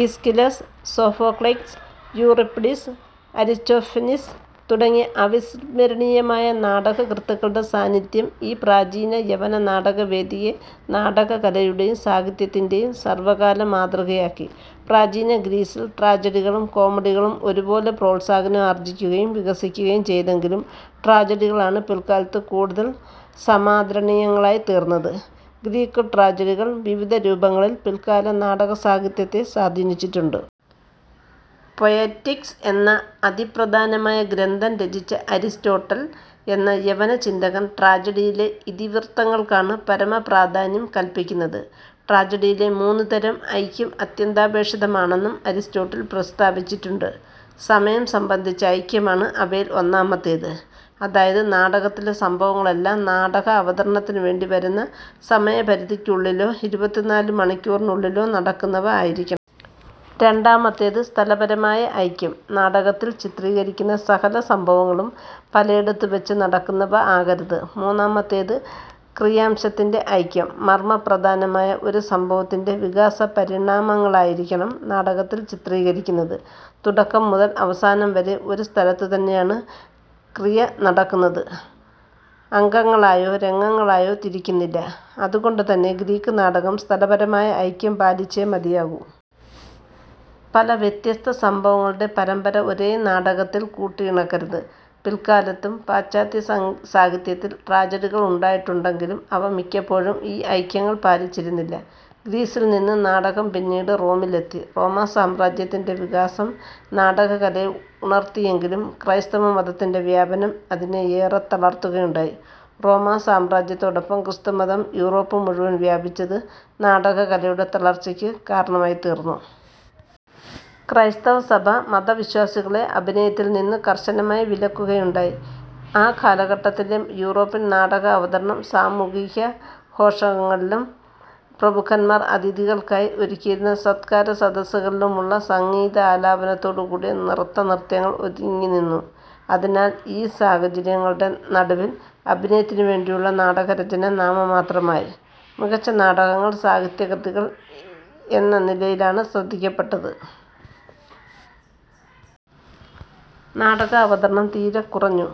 Aeschylus, Sophocles, Euripides, Aristophanes തുടങ്ങിയ അവിസ്മരണീയരായ നാടകകൃത്തുക്കളുടെ സാന്നിധ്യം ഈ പ്രാചീന യവന നാടകവേദിയെ നാടകകലയുടെയും സാഹിത്യത്തിൻ്റെയും സർവകാലമാതൃകയാക്കി. പ്രാചീന ഗ്രീസിൽ ട്രാജഡികളും കോമഡികളും ഒരുപോലെ പ്രോത്സാഹനം ആർജിക്കുകയും വികസിക്കുകയും ചെയ്തെങ്കിലും ട്രാജഡികളാണ് പില്ക്കാലത്ത് കൂടുതൽ സമാദരണീയങ്ങളായിത്തീർന്നത്. ഗ്രീക്കുട്രാജഡികൾ വിവിധ രൂപങ്ങളിൽ പില്ക്കാല നാടകസാഹിത്യത്തെ സ്വാധീനിച്ചിട്ടുണ്ട്. പൊയറ്റിക്സ് എന്ന അതിപ്രധാനമായ ഗ്രന്ഥം രചിച്ച അരിസ്റ്റോട്ടൽ എന്ന യവനചിന്തകൻ ട്രാജഡിയിലെ ഇതിവൃത്തങ്ങൾക്കാണ് പരമപ്രാധാന്യം കല്പിക്കുന്നത്. ട്രാജഡിയിലെ മൂന്നുതരം ഐക്യം അത്യന്താപേക്ഷിതമാണെന്ന് അരിസ്റ്റോട്ടിൽ പ്രസ്താവിച്ചിട്ടുണ്ട്. സമയം സംബന്ധിച്ച ഐക്യം ആണ് അവയിൽ ഒന്നാമത്തേത്. അതായത് നാടകത്തിലെ സംഭവങ്ങളെല്ലാം നാടകാവതരണത്തിനുവേണ്ടി വരുന്ന സമയപരിധിക്കുള്ളിലോ ഇരുപത്തിനാലുമണിക്കൂറിനുള്ളിലോ നടക്കുന്നവ ആയിരിക്കണം. രണ്ടാമത്തേത് സ്ഥലപരമായ ഐക്യം. നാടകത്തിൽ ചിത്രീകരിക്കുന്ന സകല സംഭവങ്ങളും പലേടത്തുവച്ച് നടക്കുന്നവ ആകരുത്. മുന്നാമത്തേത് ക്രിയാംശത്തിൻ്റെ ഐക്യം മർമപ്രധാനമായ ഒരു സംഭവത്തിൻ്റെ വികാസപരിണാമങ്ങളായിരിക്കണം നാടകത്തിൽ ചിത്രീകരിക്കുന്നത്. തുടക്കം മുതൽ അവസാനം വരെ ഒരു സ്ഥലത്തുതന്നെയാണ് ക്രിയ നടക്കുന്നത്. അങ്കങ്ങളായോ രംഗങ്ങളായോ തിരിക്കുന്നില്ല. അതുകൊണ്ടുതന്നെ ഗ്രീക്കുനാടകം സ്ഥലപരമായ ഐക്യം പാലിച്ചേ മതിയാകൂ. പല വ്യത്യസ്ത സംഭവങ്ങളുടെ പരമ്പര ഒരേ നാടകത്തിൽ കൂട്ടിയിണക്കരുത്. പില്ക്കാലത്തും പാശ്ചാത്യസാഹിത്യത്തിൽ ട്രാജഡികൾ ഉണ്ടായിട്ടുണ്ടെങ്കിലും അവ മിക്കപ്പോഴും ഈ ഐക്യങ്ങൾ പാലിച്ചിരുന്നില്ല. ഗ്രീസിൽ നിന്ന് നാടകം പിന്നീട് റോമിലെത്തി, റോമാസാമ്രാജ്യത്തിൻ്റെ വികാസം നാടകകലയെ ഉണർത്തിയെങ്കിലും ക്രൈസ്തവമതത്തിൻ്റെ വ്യാപനം അതിനെ ഏറെ തളർത്തുകയുണ്ടായി. റോമാ സാമ്രാജ്യത്തോടൊപ്പം ക്രിസ്തുമതം യുറോപ്പ് മുഴുവൻ വ്യാപിച്ചത് നാടകകലയുടെ തളർച്ചയ്ക്കു കാരണമായിത്തീർന്നു. ക്രൈസ്തവസഭ മതവിശ്വാസികളെ അഭിനയത്തിൽ നിന്നു കർശനമായി വിലക്കുകയുണ്ടായി. ആ കാലഘട്ടത്തിലെ യൂറോപ്യൻ നാടകാവതരണം സാമൂഹികാഘോഷങ്ങളിലും പ്രഭുക്കന്മാർ അതിഥികൾക്കായി ഒരുക്കിയിരുന്ന സത്കാരസദസ്സുകളിലുമുള്ള സംഗീതാലാപനത്തോടു കൂടിയ നൃത്തനൃത്യങ്ങളിൽ ഒതുങ്ങിനിന്നു. അതിനാൽ ഈ സാഹചര്യങ്ങളുടെ നടുവിൽ അഭിനയത്തിനുവേണ്ടിയുള്ള നാടകരചന നാമമാത്രമായി. മികച്ച നാടകങ്ങൾ സാഹിത്യ കൃതികൾ എന്ന നിലയിലാണ് ശ്രദ്ധിക്കപ്പെട്ടത്. നാടകാവതരണം തീരെ കുറഞ്ഞു.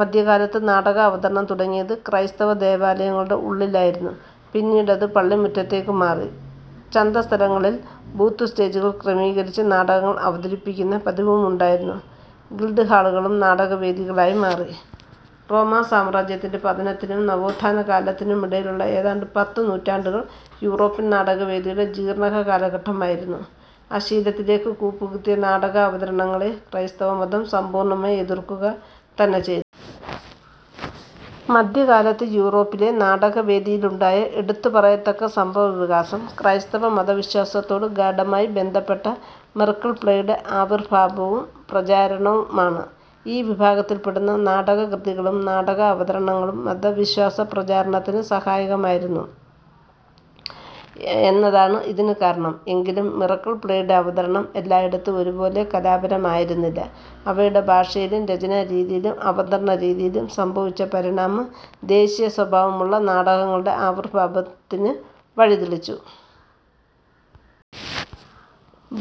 മധ്യകാലത്ത് നാടകാവതരണം തുടങ്ങിയത് ക്രൈസ്തവദേവാലയങ്ങളുടെ ഉള്ളിലായിരുന്നു. പിന്നീട് അതു പള്ളിമുറ്റത്തേക്കു മാറി. ചന്തസ്ഥലങ്ങളിൽ ബൂത്ത് സ്റ്റേജുകൾ ക്രമീകരിച്ച് നാടകങ്ങൾ അവതരിപ്പിക്കുന്ന പതിവുമുണ്ടായിരുന്നു. ഗിൽഡ് ഹാളുകളും നാടകവേദികളായി മാറി. റോമാസാമ്രാജ്യത്തിൻ്റെ പതനത്തിനും നവോത്ഥാനകാലത്തിനുമിടയിലുള്ള ഏതാണ്ട് പത്ത് നൂറ്റാണ്ടുകൾ യൂറോപ്യൻ നാടകവേദിയുടെ ജീർണകാലഘട്ടമായിരുന്നു. അശ്ളീലത്തിലേക്ക് കൂപ്പുകുത്തിയ നാടകാവതരണങ്ങളെ ക്രൈസ്തവമതം സമ്പൂർണമായി എതിർക്കുകതന്നെ ചെയ്തു. മധ്യകാലത്ത് യുറോപ്പിലെ നാടകവേദിയിലുണ്ടായ എടുത്തുപറയത്തക്ക സംഭവവികാസം ക്രൈസ്തവ മതവിശ്വാസത്തോട് ഗാഢമായി ബന്ധപ്പെട്ട 'മിറക്കിൾ പ്ലേ'യുടെ ആവിർഭാവവും പ്രചാരവുമാണ്. ഈ വിഭാഗത്തിൽപ്പെടുന്ന നാടകകൃതികളും നാടകാവതരണങ്ങളും മതവിശ്വാസപ്രചാരണത്തിന് സഹായകമായിരുന്നു എന്നതാണ് ഇതിനു കാരണം. എങ്കിലും മിറക്കിൾ പ്ലേയുടെ അവതരണം എല്ലായിടത്തും ഒരുപോലെ കലാപരമായിരുന്നില്ല. അവയുടെ ഭാഷയിലും രചനാരീതിയിലും അവതരണരീതിയിലും സംഭവിച്ച പരിണാമം ദേശീയസ്വഭാവമുള്ള നാടകങ്ങളുടെ ആവിർഭാവത്തിന് വഴിതെളിച്ചു.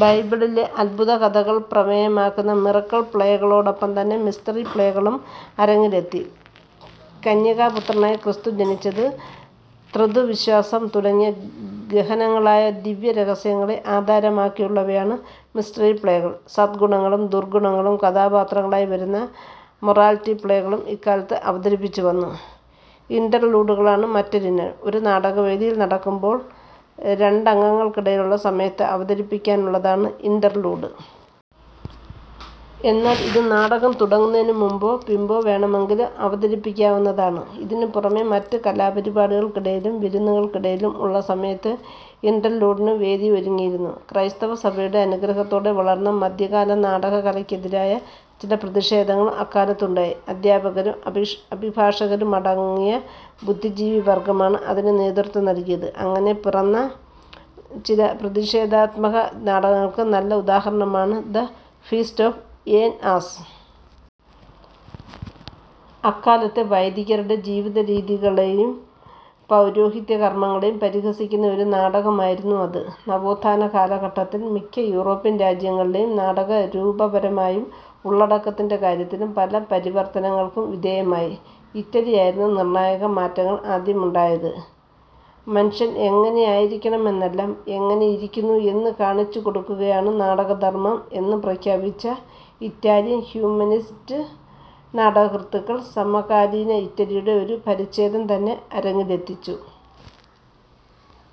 ബൈബിളിലെ അത്ഭുതകഥകൾ പ്രമേയമാക്കുന്ന മിറക്കിൾ പ്ലേകളോടൊപ്പംതന്നെ മിസ്റ്ററി പ്ലേകളും അരങ്ങിലെത്തി. കന്യകാപുത്രനായി ക്രിസ്തു ജനിച്ചത്, ത്രിത്വ വിശ്വാസം തുടങ്ങിയ ഗഹനങ്ങളായ ദിവ്യരഹസ്യങ്ങളെ ആധാരമാക്കിയുള്ളവയാണ് മിസ്റ്ററി പ്ലേകൾ. സദ്ഗുണങ്ങളും ദുർഗുണങ്ങളും കഥാപാത്രങ്ങളായി വരുന്ന മൊറാലിറ്റി പ്ലേകളും ഇക്കാലത്ത് അവതരിപ്പിച്ചു വന്നു. ഇന്റർലൂഡുകളാണ് മറ്റൊരിനം. ഒരു നാടകം വേദിയിൽ നടക്കുമ്പോൾ രണ്ടങ്കങ്ങൾക്കിടയിലുള്ള സമയത്ത് അവതരിപ്പിക്കുന്നതിനുള്ളതാണ് ഇന്റർലൂഡ്. എന്നാൽ ഇത് നാടകം തുടങ്ങുന്നതിനുമുമ്പോ പിമ്പോ വേണമെങ്കിലും അവതരിപ്പിക്കാവുന്നതാണ്. ഇതിനുപുറമേ മറ്റു കലാപരിപാടികൾക്കിടയിലും വിരുന്നുകൾക്കിടയിലും ഉള്ള സമയത്തും ഇന്റർലൂഡിന് വേദി ഒരുങ്ങിയിരുന്നു. ക്രൈസ്തവസഭയുടെ അനുഗ്രഹത്തോടെ വളർന്ന മധ്യകാല നാടകകലയ്ക്കെതിരായ ചില പ്രതിഷേധങ്ങളും അക്കാലത്തുണ്ടായി. അധ്യാപകരും അഭിഭാഷകരുമടങ്ങിയ ബുദ്ധിജീവിവർഗമാണ് അതിന് നേതൃത്വം നല്കിയത്. അങ്ങനെ പിറന്ന ചില പ്രതിഷേധാത്മക നാടകങ്ങൾക്ക് നല്ല ഉദാഹരണമാണ് the feast of an ass. അക്കാലത്തെ വൈദികരുടെ ജീവിതരീതികളെയും പൗരോഹിത്യകർമങ്ങളെയും പരിഹസിക്കുന്ന ഒരു നാടകമായിരുന്നു അത്. നവോത്ഥാനകാലഘട്ടത്തിൽ മിക്ക യൂറോപ്യൻ രാജ്യങ്ങളിലെയും നാടകം രൂപപരമായും ഉള്ളടക്കത്തിൻ്റെ കാര്യത്തിലും പല പരിവർത്തനങ്ങൾക്കും വിധേയമായി. ഇറ്റലിയിലായിരുന്നു നിർണായകമാറ്റങ്ങൾ ആദ്യമുണ്ടായത്. മനുഷ്യൻ എങ്ങനെയായിരിക്കണമെന്നല്ല എങ്ങനെയിരിക്കുന്നു എന്ന് കാണിച്ചുകൊടുക്കുകയാണ് നാടകധർമം എന്ന് പ്രഖ്യാപിച്ച ഇറ്റാലിയൻ ഹ്യൂമനിസ്റ്റ് നാടകകൃത്തുക്കൾ സമകാലീന ഇറ്റലിയുടെ ഒരു പരിഛേദംതന്നെ അരങ്ങിലെത്തിച്ചു.